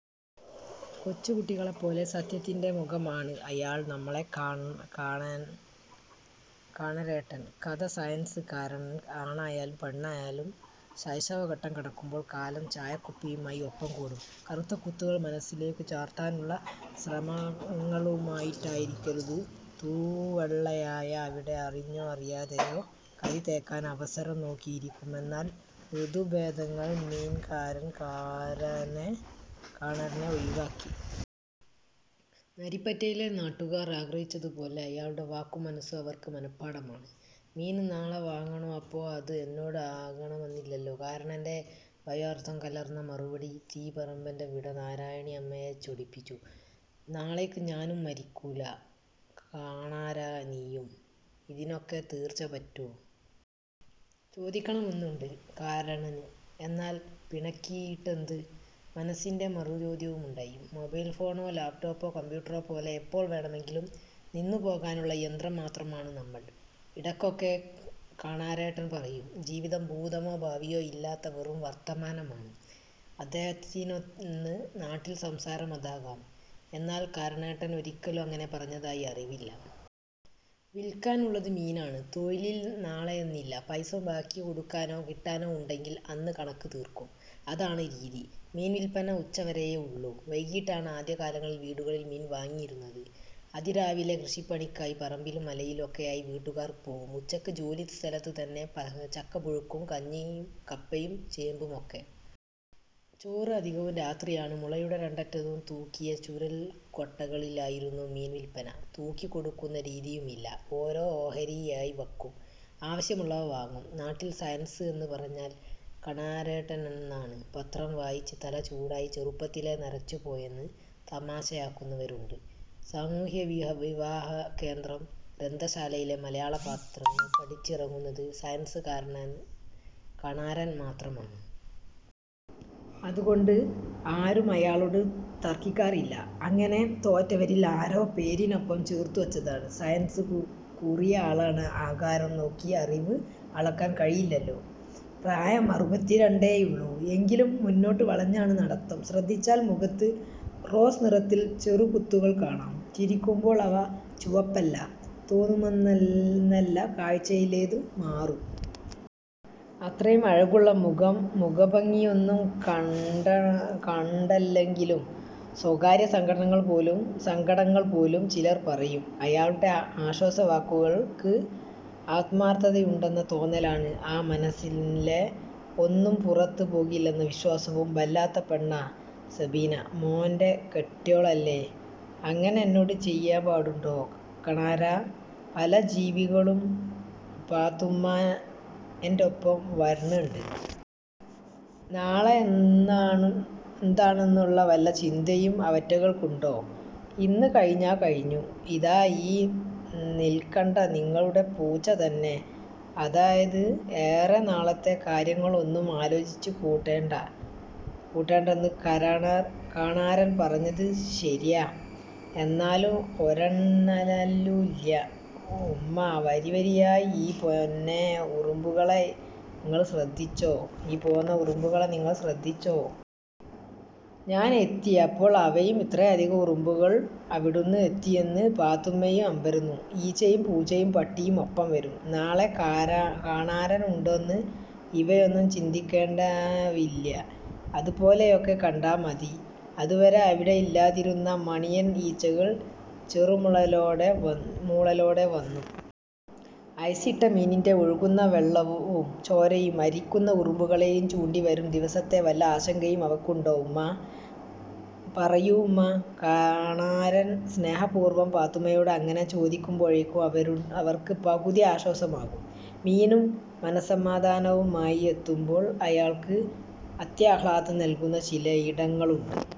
'കൊച്ചുകുട്ടികളെപ്പോലെ സത്യത്തിന്റെ മുഖമാണ് അയാൾ; നമ്മളെ കണാരേട്ടൻ... ' കഥ സയൻസ് കണാരൻ ആണായാലും പെണ്ണായാലും ശൈശവഘട്ടം കടക്കുമ്പോൾ കാലം ചായക്കുച്ചുമായി ഒപ്പം കൂടും. കറുത്ത കുത്തുകൾ മനസ്സിലേക്ക് ചാർത്താനുള്ള ശ്രമങ്ങളുമായിട്ടാകുമത്. തൂവെള്ളയായ അവിടെ അറിഞ്ഞോ അറിയാതെയോ കരിതേയ്ക്കാൻ അവസരം നോക്കിയിരിക്കും. എന്നാൽ ഋതുഭേദങ്ങൾ മീൻകാരൻ കണാരനെ ഒഴിവാക്കി. നരിപ്പറ്റയിലെ നാട്ടുകാർ ആഗ്രഹിച്ചപോലെ. അയാളുടെ വാക്കും മനസ്സും അവർക്ക് മനഃപാഠമാണ്. 'മീന് നാളെ വാങ്ങാന്നോ? അപ്പോ അത് എന്നോട് ആകണമെന്നില്ലല്ലോ. ' കണാരന്റെ ദ്വയാർത്ഥം കലർന്ന മറുപടി തീപറമ്പന്റവിട നാരായണി അമ്മയെ ചൊടിപ്പിച്ചു. 'നാളേക്ക് ഞാനും മരിക്കൂല്ല കണാരാ നീയും'. 'ഇതിനൊക്കെ തീർച്ച പറ്റ്വോ? '. ചോദിക്കണമെന്നുണ്ട് കണാരന്. 'എന്നാൽ പിണക്കിയിട്ടെന്ത്? '. മനസ്സിന്റെ മറുചോദ്യമുണ്ടായി. 'മൊബൈൽ ഫോണോ ലാപ്ടോപ്പോ കമ്പ്യൂട്ടറോ പോലെ എപ്പോൾ വേണമെങ്കിലും നിന്നുപോകാനുള്ള യന്ത്രം മാത്രമാണ് നമ്മൾ..... ' ഇടയ്ക്കൊക്കെ കണാരേട്ടൻ പറയും. ജീവിതം ഭൂതമോ ഭാവിയോ ഇല്ലാത്ത വെറും വർത്തമാനമാണ് അദ്ദേഹത്തിനെന്ന് നാട്ടിൽ സംസാരം അതാകാം. എന്നാൽ കണാരേട്ടൻ ഒരിക്കലും അങ്ങനെ പറഞ്ഞതായി അറിവില്ല. 'വിൽക്കാനുള്ളത് മീനാണ്. തൊഴിലിൽ നാളെയെന്നില്ല'. പൈസ ബാക്കി കൊടുക്കാനോ കിട്ടാനോ ഉണ്ടെങ്കിൽ അന്ന് കണക്ക് തീർക്കും. അതാണ് രീതി. മീൻ വിൽപ്പന ഉച്ചവരെയേ ഉള്ളൂ. വൈകീട്ടാണ് ആദ്യകാലങ്ങളിൽ വീടുകളിൽ മീൻ വാങ്ങിയിരുന്നത്. അതിരാവിലെ കൃഷിപ്പണിക്കായി പറമ്പിലും മലയിലും ഒക്കെയായി വീട്ടുകാർ പോകും. ഉച്ചയ്ക്ക് ജോലി സ്ഥലത്ത് തന്നെ ചക്കപ്പുഴുക്കും കഞ്ഞിയും കപ്പയും ചേമ്പുമൊക്കെ. ചോറ് അധികവും രാത്രിയാണ്. മുളയുടെ രണ്ടറ്റത്തും തൂക്കിയ ചൂരൽ കൊട്ടകളിലായിരുന്നു മീൻ വിൽപ്പന. തൂക്കി കൊടുക്കുന്ന രീതിയുമില്ല. ഓരോ ഓഹരിയായി വയ്ക്കും. ആവശ്യമുള്ളവ വാങ്ങും. നാട്ടിൽ സയൻസ് എന്ന് പറഞ്ഞാൽ കണാരേട്ടനെന്നാണ്. പത്രം വായിച്ച് തല ചൂടായി ചെറുപ്പത്തിലേ നരച്ചുപോയെന്ന് തമാശയാക്കുന്നവരുണ്ട്. സാമൂഹ്യവിഹാരകേന്ദ്രം ഗ്രന്ഥശാലയിലെ മലയാള പത്രങ്ങൾ പഠിച്ചിറങ്ങുന്നത് 'സയൻസ്' കണാരൻ മാത്രമാണ്. അതുകൊണ്ട് ആരും അയാളോട് തർക്കിക്കാറില്ല. അങ്ങനെ തോറ്റവരിൽ ആരോ പേരിനൊപ്പം ചേർത്തുവച്ചതാണ് സയൻസ്. കുറിയ ആളാണ്. ആകാരം നോക്കി അറിവ് അളക്കാൻ കഴിയില്ലല്ലോ!. പ്രായം അറുപത്തിരണ്ടേയുള്ളൂ. എങ്കിലും മുന്നോട്ട് വളഞ്ഞാണ് നടത്തം. ശ്രദ്ധിച്ചാൽ മുഖത്ത് റോസ് നിറത്തിൽ ചെറുകുത്തുകൾ കാണാം. ചിരിക്കുമ്പോൾ അവ ചുവപ്പല്ല റോസുമല്ലെന്ന കാഴ്ചയിലേക്ക് മാറും. അത്രയും അഴകുള്ള മുഖം. മുഖഭംഗിയൊന്നും കണ്ടല്ലെങ്കിലും സ്വകാര്യസങ്കടങ്ങൾ പോലും ചിലർ പറയും. അയാളുടെ ആശ്വാസവാക്കുകൾക്ക് ആത്മാർത്ഥതയുണ്ടെന്ന തോന്നലാണ്. ആ മനസ്സിലെ ഒന്നും പുറത്ത് പോകില്ലെന്ന വിശ്വാസവും. 'ബല്ലാത്ത പെണ്ണാ സബീന. മോന്റെ കെട്ട്വോളല്ലേ? ്അങ്ങനെ എന്നോട് ചെയ്യാ പാടുണ്ടോ കണാരാ? '. 'പല ജീവികളും പാത്തുമ്മാ എന്റൊപ്പം വര്ന്ന്ണ്ട്. നാളെ എന്താന്ന്ള്ള വല്ല ചിന്തയും അവറ്റേങ്ങൾക്ക്ണ്ടോ?. ഇന്ന് കഴിഞ്ഞാ കഴിഞ്ഞു. ഇതാ ഈ നിൽക്ക്ന്ന നിങ്ങള്ടെ പൂച്ച തന്നെ. അതായത് ഏറെ നാളത്തെ കാര്യങ്ങളൊന്നും ആലോചിച്ച് കൂട്ടണ്ടാന്ന്'. 'കണാരൻ പറഞ്ഞത് ശര്യാ..... എന്നാലും.... ' 'ഒരെന്നാലുല്ല്യ.... ഉമ്മാ, വരിവരിയായി ഈ പോന്ന ഉറുമ്പുകളെ ഇങ്ങള് ശ്രദ്ധിച്ചോ?. ഞാൻ എത്തി അപ്പോൾ അവയും..... ' ഇത്രയധികം ഉറുമ്പുകൾ എവിടുന്ന് എത്തിയെന്ന് പാത്തുമ്മയും അമ്പരന്നു!. '... ഈച്ചയും പൂച്ചയും പട്ടിയും ഒപ്പം വരും. നാളെ കണാരൻ ഉണ്ടോന്ന് ഇവയൊന്നും ചിന്തിക്ക്ന്നേണ്ടാവില്ല്യ. ്അത് പോലെയൊക്കെ കണ്ടാ മതി.... ' അതുവരെ അവിടെ ഇല്ലാതിരുന്ന മണിയൻ ഈച്ചകൾ ചെറുമൂളലോടെ വന്നു. ഐസിട്ട മീനിന്റെ ഒഴുകുന്ന വെള്ളവും ചോരയും അരിക്കുന്ന ഉറുമ്പുകളെയും ചൂണ്ടി: 'വരും ദിവസത്തെ വല്ല ആശങ്കയും അവയ്ക്കുണ്ടോ ഉമ്മാ.... പറയൂ ഉമ്മാ'. കണാരൻ സ്നേഹപൂർവ്വം പാത്തുമ്മയോട് അങ്ങനെ ചോദിക്കുമ്പോഴെയ്ക്കും അവർക്ക് പകുതി ആശ്വാസമാകും. മീനും മനസമാധാനവുമായി എത്തുമ്പോൾ അയാൾക്ക് അത്യാഹ്ളാദം നൽകുന്ന ചിലയിടങ്ങളുണ്ട്.